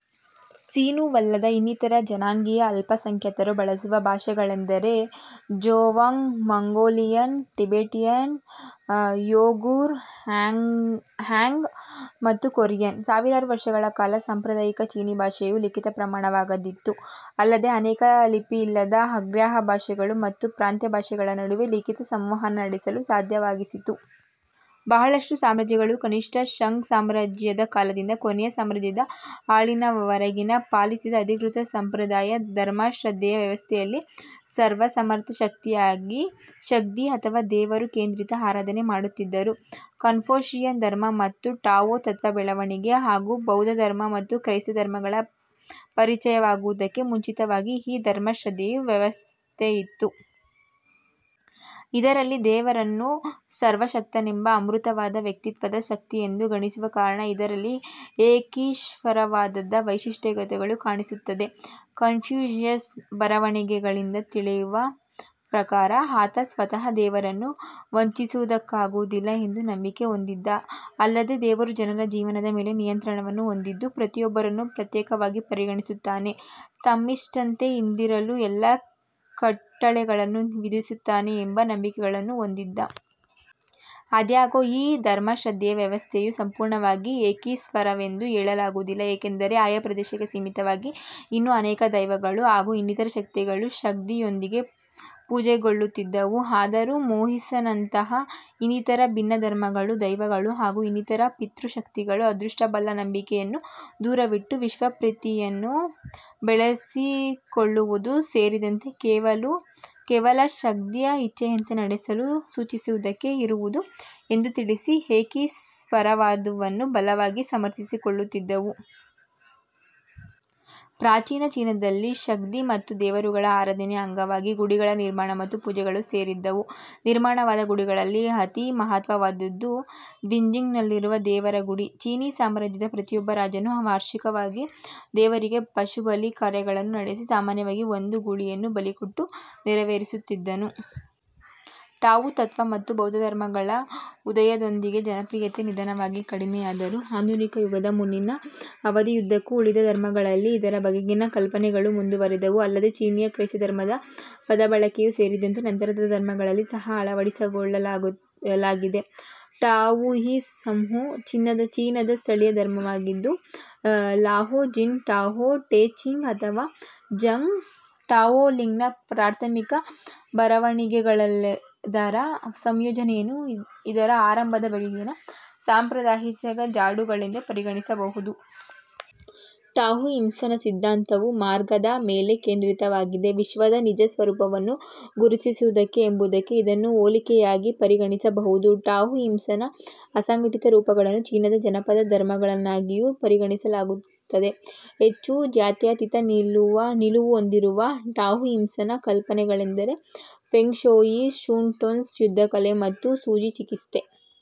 ಸಿನೋವಲ್ಲದ ಇನ್ನಿತರ ಜನಾಂಗೀಯ ಅಲ್ಪಸಂಖ್ಯಾತರು ಬಳಸುವ ಭಾಷೆಗಳೆಂದರೆ Zhuang, Mongolian, Tibetan, Uyghur, Hmong ಮತ್ತು ಕೊರಿಯನ್. ಸಾವಿರಾರು ವರ್ಷಗಳ ಕಾಲ ಸಾಂಪ್ರದಾಯಿಕ ಚೀನೀ ಭಾಷೆಯು ಲಿಖಿತ ಪ್ರಮಾಣವಾಗಿದ್ದಿತು, ಅಲ್ಲದೇ ಅನೇಕ ಲಿಪಿಯಿಲ್ಲದ, ಅಗ್ರಾಹ್ಯ ಭಾಷೆಗಳು ಮತ್ತು ಪ್ರಾಂತ್ಯ ಭಾಷೆಗಳ ನಡುವೆ ಲಿಖಿತ ಸಂವಹನ ನಡೆಸಲು ಸಾಧ್ಯವಾಗಿಸಿತ್ತು. ಬಹಳಷ್ಟು ಸಾಮ್ರಾಜ್ಯಗಳು ಕನಿಷ್ಟ ಷಾಂಗ್ ಸಾಮ್ರಾಜ್ಯ ದ ಕಾಲದಿಂದ ಕೊನೆಯ ಸಾಮ್ರಾಜ್ಯದ ಅಳಿವಿನವರೆಗಿನ ಪಾಲಿಸಿದ "ಅಧಿಕೃತ" ಸಂಪ್ರದಾಯ ಧರ್ಮಶ್ರದ್ಧೆಯ ವ್ಯವಸ್ಥೆಯಲ್ಲಿ ಸರ್ವಸಮರ್ಥ ಶಕ್ತಿ ಯಾಗಿ ಷಾಂಗ್ದಿ ಅಥವಾ " ದೇವರು " ಕೇಂದ್ರಿತ ಆರಾಧನೆ ಮಾಡುತ್ತಿದ್ದರು. ಕನ್ಫ್ಯೂಷಿಯನ್ ಧರ್ಮ ಮತ್ತು ಟಾವೋ ತತ್ವ ಬೆಳವಣಿಗೆ ಹಾಗೂ ಬೌದ್ಧ ಧರ್ಮ ಮತ್ತು ಕ್ರೈಸ್ತ ಧರ್ಮಗಳ ಪರಿಚಯವಾಗುವುದಕ್ಕೆ ಮುಂಚಿತವಾಗಿ ಈ ಧರ್ಮಶ್ರದ್ಧೆಯ ವ್ಯವಸ್ಥೆಯಿತ್ತು.. ಇದರಲ್ಲಿ ದೇವರನ್ನು ಸರ್ವಶಕ್ತನೆಂಬ ಅಮೂರ್ತವಾದ ವ್ಯಕ್ತಿತ್ವದ ಶಕ್ತಿಯೆಂದು ಗಣಿಸುವ ಕಾರಣ ಇದರಲ್ಲಿ ಏಕೀಶ್ವರವಾದದ ವೈಶಿಷ್ಟ್ಯತೆಗಳು ಕಾಣಿಸುತ್ತದೆ. ಕನ್ಫ್ಯೂಷಿಯಸ್ನ ಬರವಣಿಗೆಗಳಿಂದ ತಿಳಿಯುವ ಪ್ರಕಾರ, ಆತ ಸ್ವತಃ ದೇವರನ್ನು ವಂಚಿಸುವುದಕ್ಕಾಗುವುದಿಲ್ಲ ಎಂದು ನಂಬಿಕೆ ಹೊಂದಿದ್ದ, ಅಲ್ಲದೇ ದೇವರು ಜನರ ಜೀವನದ ಮೇಲೆ ನಿಯಂತ್ರಣವನ್ನು ಹೊಂದಿದ್ದು, ಪ್ರತಿಯೊಬ್ಬರನ್ನು ಪ್ರತ್ಯೇಕವಾಗಿ ಪರಿಗಣಿಸುತ್ತಾನೆ, ಧರ್ಮಿಷ್ಠತೆ ಯಿಂದಿರಲು ಕೆಲ ಕಟ್ಟಳೆಗಳನ್ನು ವಿಧಿಸುತ್ತಾನೆ ಎಂಬ ನಂಬಿಕೆಗಳನ್ನು ಹೊಂದಿದ್ದ. ಆದಾಗ್ಯೂ ಈ ಧರ್ಮಶ್ರದ್ಧೆಯ ವ್ಯವಸ್ಥೆಯು ಸಂಪೂರ್ಣವಾಗಿ ಏಕೀಶ್ವರವೆಂದು ಹೇಳಲಾಗುವುದಿಲ್ಲ, ಏಕೆಂದರೆ ಆಯಾ ಪ್ರದೇಶಕ್ಕೆ ಸೀಮಿತವಾಗಿ ಇನ್ನೂ ಅನೇಕ ದೈವಗಳು ಹಾಗೂ ಇನ್ನಿತರ ಶಕ್ತಿಗಳು ಷಾಂಗ್ದಿ ಯೊಂದಿಗೆ ಪೂಜೆಗೊಳ್ಳುತ್ತಿದ್ದವು. ಆದರೂ ಮೋಹಿಸಂನಂತಹಾ ಇನ್ನಿತರ ಭಿನ್ನ ಧರ್ಮಗಳು, ದೈವಗಳು ಹಾಗೂ ಇನ್ನಿತರ ಪಿತೃ ಶಕ್ತಿಗಳು ಅದೃಷ್ಟಬಲ ನಂಬಿಕೆ ಯನ್ನು ದೂರವಿಟ್ಟು, "ವಿಶ್ವ ಪ್ರೀತಿ"ಯನ್ನು ಬೆಳೆಸಿಕೊಳ್ಳುವುದೂ ಸೇರಿದಂತೆ ಕೇವಲ ಷಾಂಗ್ದಿ ಯ ಇಚ್ಛೆಯಂತೆ ನಡೆಯಲು ಸೂಚಿಸುವುದಕ್ಕೆ ಇರುವುದು ಎಂದು ತಿಳಿಸಿ ಏಕೀಶ್ವರವಾದವನ್ನು ಬಲವಾಗಿ ಸಮರ್ಥಿಸಿಕೊಳ್ಳುತ್ತಿದ್ದವು. ಪ್ರಾಚೀನ ಚೀನಾದಲ್ಲಿ ಷಾಂಗ್ದಿ ಮತ್ತು ದೇವರುಗಳ ಆರಾಧನೆಯ ಅಂಗವಾಗಿ ಗುಡಿಗಳ ನಿರ್ಮಾಣ ಮತ್ತು ಪೂಜೆಗಳು ಸೇರಿದ್ದವು. ನಿರ್ಮಾಣವಾದ ಗುಡಿಗಳಲ್ಲಿ ಅತಿ ಮಹತ್ವವಾದದ್ದು ಬೀಜಿಂಗ್ನಲ್ಲಿರುವ ದೇವರ ಗುಡಿ. ಚೀನೀ ಸಾಮ್ರಾಜ್ಯದ ಪ್ರತಿಯೊಬ್ಬ ರಾಜನೂ ವಾರ್ಷಿಕವಾಗಿ ದೇವರಿಗೆ ಪಶುಬಲಿ ಕಾರ್ಯ ಗಳನ್ನು ನಡೆಸಿ ಸಾಮಾನ್ಯವಾಗಿ ಒಂದು ಗೂಳಿಯನ್ನು ಬಲಿಕೊಟ್ಟು ನೆರವೇರಿಸುತ್ತಿದ್ದನು. ಟಾವೋ ತತ್ವ ಮತ್ತು ಬೌದ್ಧ ಧರ್ಮಗಳ ಉದಯದೊಂದಿಗೆ ಜನಪ್ರಿಯತೆ ನಿಧಾನವಾಗಿ ಕಡಿಮೆಯಾದರೂ, ಆಧುನಿಕಯುಗದ ಮುನ್ನಿನ ಅವಧಿಯುದ್ದಕ್ಕೂ ಉಳಿದ ಧರ್ಮಗಳಲ್ಲಿ ಇದರ ಬಗೆಗಿನ ಕಲ್ಪನೆಗಳು ಮುಂದುವರೆದವು, ಅಲ್ಲದೇ ಚೀನೀಯ ಕ್ರೈಸ್ತಧರ್ಮದ ಪದಬಳಕೆಯೂ ಸೇರಿದಂತೆ ನಂತರದ ಧರ್ಮಗಳಲ್ಲಿ ಸಹಾ ಅಳವಡಿಸಿಕೊಳ್ಳಲಾಗಿದೆ. ಟಾವೋಯಿಸಂವು ಚೀನಾದ ಸ್ಥಳೀಯ ಧರ್ಮವಾಗಿದ್ದು, ಲಾವೋ ಝಿನ ಟಾವೋ ಟೆ ಚಿಂಗ್ ಅಥವಾ ಝಾಂಗ್ ಡಾವೋಲಿಂಗ್ನ ಪ್ರಾಥಮಿಕ ಬರವಣಿಗೆಗಳೆಲ್ಲದರ ಸಂಯೋಜನೆಯನ್ನು ಇದರ ಆರಂಭದ ಬಗೆಗಿನ ಸಾಂಪ್ರದಾಯಿಕ ಜಾಡುಗಳೆಂದು ಪರಿಗಣಿಸಬಹುದು. ಟಾವೋಯಿಸಂನ ಸಿದ್ಧಾಂತವು " ಮಾರ್ಗ "ದ ಮೇಲೆ ಕೇಂದ್ರಿತವಾಗಿದೆ; ವಿಶ್ವದ ನಿಜ ಸ್ವರೂಪವನ್ನು ಗುರುತಿಸುವಿಕೆ ಎಂಬುದಕ್ಕೆ ಇದನ್ನು ಹೋಲಿಕೆಯಾಗಿ ಪರಿಗಣಿಸಬಹುದು. ಟಾವೋಯಿಸಂನ ಅಸಂಘಟಿತ ರೂಪಗಳನ್ನು ಚೀನಾದ ಜನಪದ ಧರ್ಮಗಳನ್ನಾಗಿಯೂ ಪರಿಗಣಿಸಲಾಗುತ್ತದೆ. ಹೆಚ್ಚು ಜಾತ್ಯಾತೀತ ನಿಲುವು ಹೊಂದಿರುವ ಟಾವೋಯಿಸಂನ ಕಲ್ಪನೆಗಳೆಂದರೆ ಫೆಂಗ್ ಶೂಯಿ, ಸುನ್ ಟ್ಸುನ ಯುದ್ಧಕಲೆ, ಮತ್ತು ಸೂಜಿ ಚಿಕಿತ್ಸೆ.